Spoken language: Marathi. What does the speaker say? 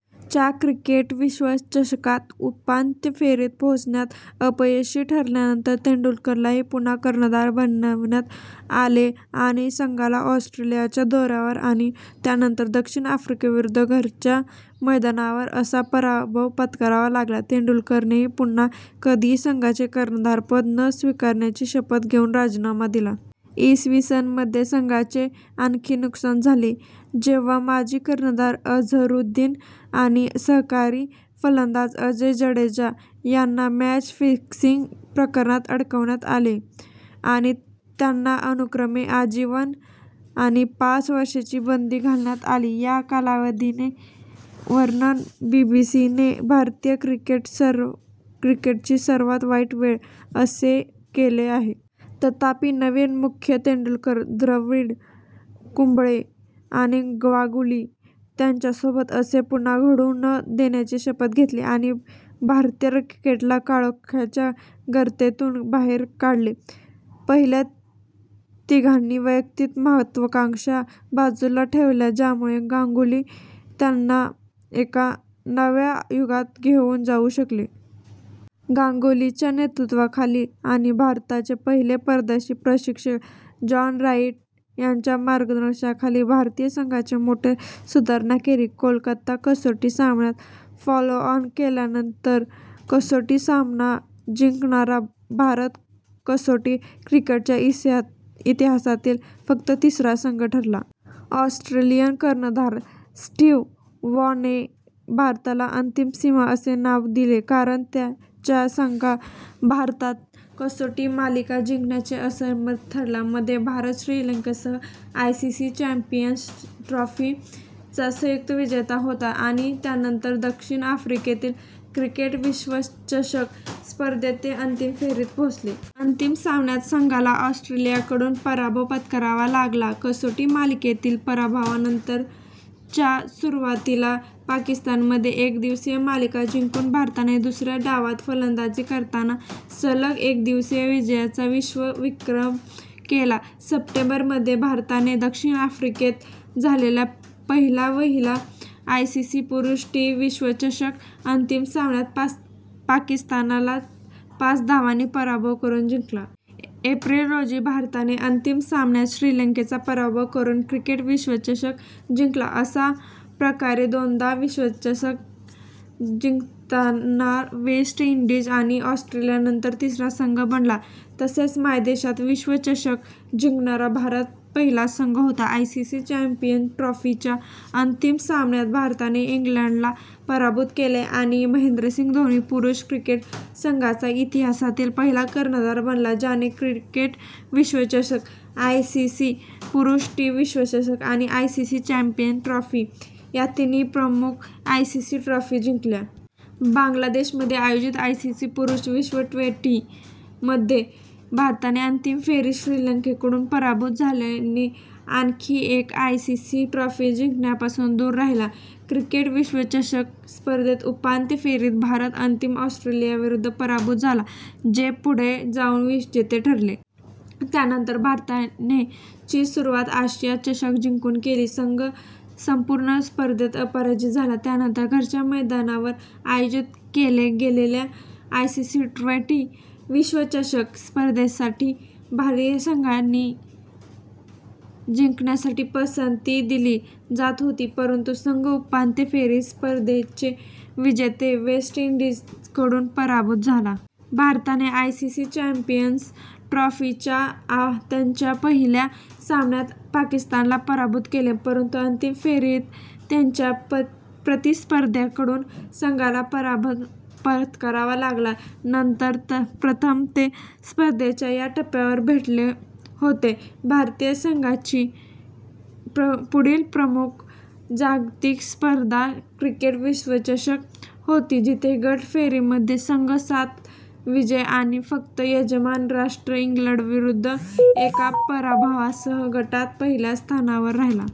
च्या क्रिकेट विश्वचषकात उपांत्य फेरीत पोहोचण्यात अपयशी ठरल्यानंतर, तेंडुलकरला पुन्हा कर्णधार बनवण्यात आले आणि संघाला ऑस्ट्रेलियाच्या दौऱ्यावर - आणि त्यानंतर दक्षिण आफ्रिकेविरुद्ध घरच्या मैदानावर - असा पराभव पत्करावा लागला. तेंडुलकरने पुन्हा कधीही संघाचे कर्णधारपद न स्वीकारण्याची शपथ घेऊन राजीनामा दिला. इ. स. मध्ये संघाचे आणखी नुकसान झाले जेव्हा माजी कर्णधार अझरुद्दीन आणि सहकारी फलंदाज अजय जडेजा यांना मॅच फिक्सिंग प्रकरणात अडकवण्यात आले आणि त्यांना अनुक्रमे आजीवन आणि पाच वर्षांची बंदी घालण्यात आली. या कालावधीचे वर्णन बीबीसीने "भारतीय क्रिकेटची सर्वात वाईट वेळ" असे केले आहे. तथापि, नवीन मुख्य तेंडुलकर, द्रविड, कुंबळे आणि गांगुली त्यांच्यासोबत असे पुन्हा घडू न देण्याची शपथ घेतली आणि भारतीय क्रिकेटला काळोखाच्या गर्तेतून बाहेर काढले. पहिल्या तिघांनी वैयक्तिक महत्त्वाकांक्षा बाजूला ठेवल्या ज्यामुळे गांगुली त्यांना एका नव्या युगात घेऊन जाऊ शकेल.। गांगुलीच्या नेतृत्वाखाली आणि भारताचे पहिले परदेशी प्रशिक्षक जॉन राईट यांच्या मार्गदर्शनाखाली भारतीय संघाने मोठ्या सुधारणा केल्या. कोलकाता कसोटी सामन्यात, फॉलोऑन केल्यानंतर कसोटी सामना जिंकणारा भारत कसोटी क्रिकेटच्या इतिहासातील फक्त तिसरा संघ ठरला. ऑस्ट्रेलियन कर्णधार स्टीव्ह वॉ ने भारताला "अंतिम सीमा" असे नाव दिले कारण त्याचा संघ भारतात कसोटी मालिका जिंकण्यास असमर्थ ठरला. मध्ये, भारत श्रीलंकेसह आयसीसी चॅम्पियन्स ट्रॉफी चा संयुक्त विजेता होता आणि त्यानंतर दक्षिण आफ्रिकेतील क्रिकेट विश्वचषक स्पर्धेत ते अंतिम फेरीत पोहोचले. अंतिम सामन्यात संघाला ऑस्ट्रेलियाकडून पराभव पत्करावा लागला. कसोटी मालिकेतील पराभवानंतर च्या सुरुवातीला पाकिस्तानमध्ये एकदिवसीय मालिका जिंकून भारताने दुसऱ्या डावात फलंदाजी करताना सलग एकदिवसीय विजयाचा विश्वविक्रम केला. सप्टेंबर मध्ये, भारताने दक्षिण आफ्रिकेत झालेल्या पहिला-वहिला आयसीसी पुरुष टी विश्वचषक अंतिम सामन्यात पाकिस्तानचा पाच धावांनी पराभव करून जिंकला. एप्रिल रोजी, भारताने अंतिम सामन्यात श्रीलंकेचा पराभव करून क्रिकेट विश्वचषक जिंकला, अशा प्रकारे दोनदा विश्वचषक जिंकणारा वेस्ट इंडीज आणि ऑस्ट्रेलियानंतरचा तिसरा संघ बनला. तसेच मायदेशात विश्वचषक जिंकणारा भारत पहिला संघ होता. आयसीसी चॅम्पियन्स ट्रॉफी च्या अंतिम सामन्यात भारताने इंग्लंडला पराभूत केले आणि महेंद्रसिंग धोनी पुरुष क्रिकेट संघाचा इतिहासातील पहिला कर्णधार बनला ज्याने क्रिकेट विश्वचषक, आयसीसी पुरुष टी विश्वचषक आणि आयसीसी चॅम्पियन्स ट्रॉफी या तीन प्रमुख आयसीसी ट्रॉफी जिंकल्या. बांगलादेशमध्ये आयोजित आयसीसी पुरुष विश्व ट्वेंटी मध्ये, भारताने अंतिम फेरीत श्रीलंकेकडून पराभूत झाल्याने आणखी एक आयसीसी ट्रॉफी जिंकण्यापासून दूर राहिला. क्रिकेट विश्वचषक स्पर्धेच्या उपांत्य फेरीत भारत अंतिम ऑस्ट्रेलियाविरुद्ध पराभूत झाला, जे पुढे जाऊन विजेते ठरले. त्यानंतर भारताने ची सुरुवात आशिया चषक जिंकून केली, संघ संपूर्ण स्पर्धेत अपराजित राहिला. त्यानंतर घरच्या मैदानावर आयोजित केल्या गेलेल्या आयसीसी ट्वेंटी विश्वचषक स्पर्धे साठी भारतीय संघाला जिंकण्यासाठी पसंती दिली जात होती, परंतु संघ उपांत्य फेरीत स्पर्धेचे विजेते वेस्ट इंडीजकडून पराभूत झाला. भारताने आयसीसी चॅम्पियन्स ट्रॉफी च्या त्यांच्या पहिल्या सामन्यात पाकिस्तानला पराभूत केले परंतु अंतिम फेरीत त्याच प्रतिस्पर्ध्यांकडून संघाला पराभव पत्करावा लागला, नंतर प्रथमच ते स्पर्धेच्या या टप्प्यावर भेटले होते. भारतीय संघाची पुढील प्रमुख जागतिक स्पर्धा क्रिकेट विश्वचषक होती जिथे गट फेरीमध्ये संघ सात विजय आणि फक्त यजमान राष्ट्र इंग्लंडविरुद्धच्या एका पराभवासह गटात पहिल्या स्थानावर राहिला.